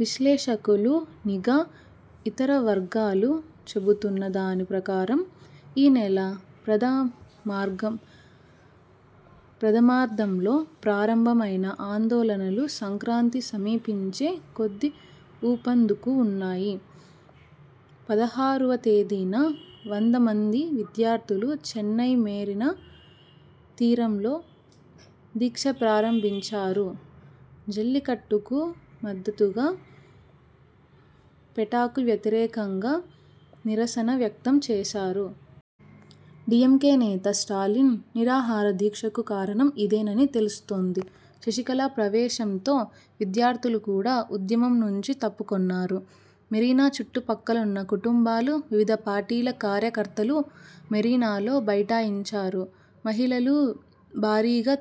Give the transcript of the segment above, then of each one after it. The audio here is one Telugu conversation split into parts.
విశ్లేషకులు, నిఘా, ఇతర వర్గాలు చెబుతున్న దాని ప్రకారం.. ఈ నెల ప్రథమార్థంలో ప్రారంభ మైన ఆందోళనలు సంక్రాంతి సమీపించే కొద్దీ ఊపందుకు న్నాయి. పదహారువ తేదీన వందమంది విద్యార్థులు చెన్నై మెరీనా తీరంలో దీక్ష ప్రారంభించారు. జల్లికట్టుకు మద్దతుగా, పెటాకు వ్యతిరేకంగా నిరసన వ్యక్తం చేశారు. డీఎంకే నేత స్టాలిన నిరాహారదీక్షకు కారణం ఇదేనని తెలుస్తోంది. శశికళ ప్రవేశంతో విద్యార్థులు కూడా ఉద్య మం నుంచి తప్పుకొన్నారు. మెరీనా చుట్టుపక్కలున్న కుటుంబాలు, వివిధ పార్టీల కార్యకర్తలు మెరీనాలో బైఠాయించారు. మహిళలూ భారీగా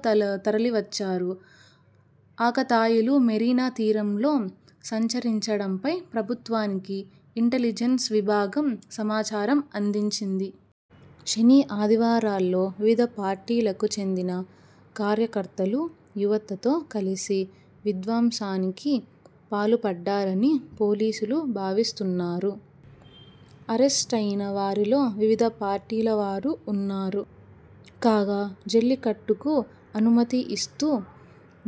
తరలివచ్చారు. ఆకతాయిలు మెరీనా తీరంలో సంచరించడంపై ప్రభుత్వానికి ఇంటెలిజెన్స విభాగం సమాచారం అందించింది. శని, ఆదివారాల్లో వివిధ పార్టీలకు చెందిన కార్యకర్తలు యువతతో కలిసి విధ్వంసానికి పాల్పడ్డారని పోలీసులు భావిస్తున్నారు. అరెస్టయిన వారిలో వివిధ పార్టీల వారు ఉన్నారు. కాగా, జల్లికట్టుకు అనుమతి ఇస్తూ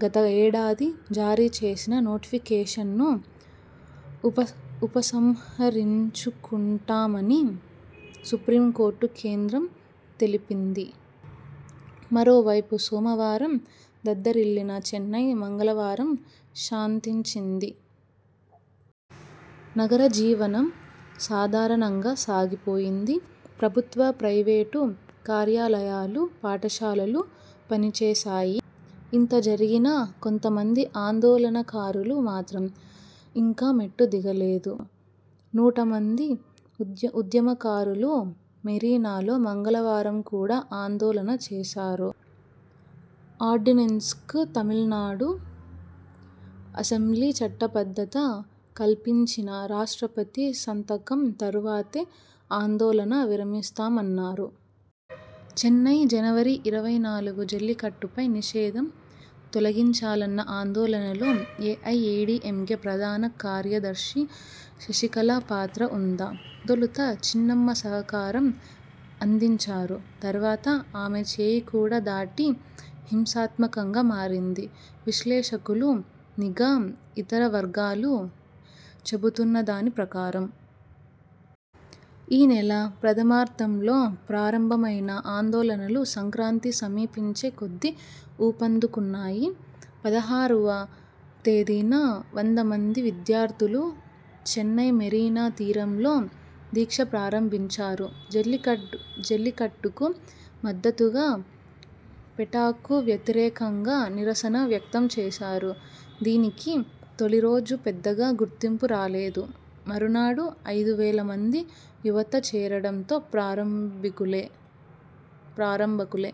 గత ఏడాది జారీ చేసిన నోటిఫికేషన్ను ఉపసంహరించుకుంటామని సుప్రీంకోర్టుకు కేంద్రం తెలిపింది. మరోవైపు సోమవారం దద్దరిల్లిన చెన్నై మంగళవారం శాంతించింది. నగర జీవనం సాధారణంగా సాగిపోయింది. ప్రభు త్వ, ప్రైవేటు కార్యాలయాలు, పాఠశాలలు పనిచేశాయి. ఇంతజరిగినా కొంతమంది ఆందోళనకారులు మాత్రం ఇంకా మెట్టు దిగలేదు. నూట మంది ఉద్యమకారులు మెరీనాలో మంగళవారం కూడా ఆందోళన చేశారు. ఆర్డినెన్స్కు తమిళనాడు అసెంబ్లీ చట్టబద్ధత కల్పించినా రాష్ట్రపతి సంతకం తరువాతే ఆందోళన విరమిస్తామన్నారు. చెన్నై, జనవరి ఇరవై నాలుగు జల్లికట్టుపై నిషేధం తొలగించాలన్న ఆందోళనలో ఏఐఏడీఎంకే ప్రధాన కార్యద ర్శి శశికళ పాత్ర ఉందా? తొలుత చిన్నమ్మ సహకారం అం దించారు. తర్వాత ఆమె చేయి కూడా దాటి హింసాత్మ కంగా మారింది. విశ్లేషకులు, నిఘా, ఇతర వర్గాలు చెబుతున్న దాని ప్రకారం.. ఈ నెల ప్రథమార్థంలో ప్రారంభ మైన ఆందోళనలు సంక్రాంతి సమీపించే కొద్దీ ఊపందుకు న్నాయి. పదహారువ తేదీన వందమంది విద్యార్థులు చెన్నై మెరీనా తీరంలో దీక్ష ప్రారంభించారు. జల్లికట్టుకు మద్దతుగా, పెటాకు వ్యతిరేకంగా నిరసన వ్యక్తం చేశారు. దీనికి తొలిరోజు పెద్దగా గుర్తింపు రాలేదు. మరునాడు ఐదు వేల మంది యువత చేరడం తో ప్రారంభకులే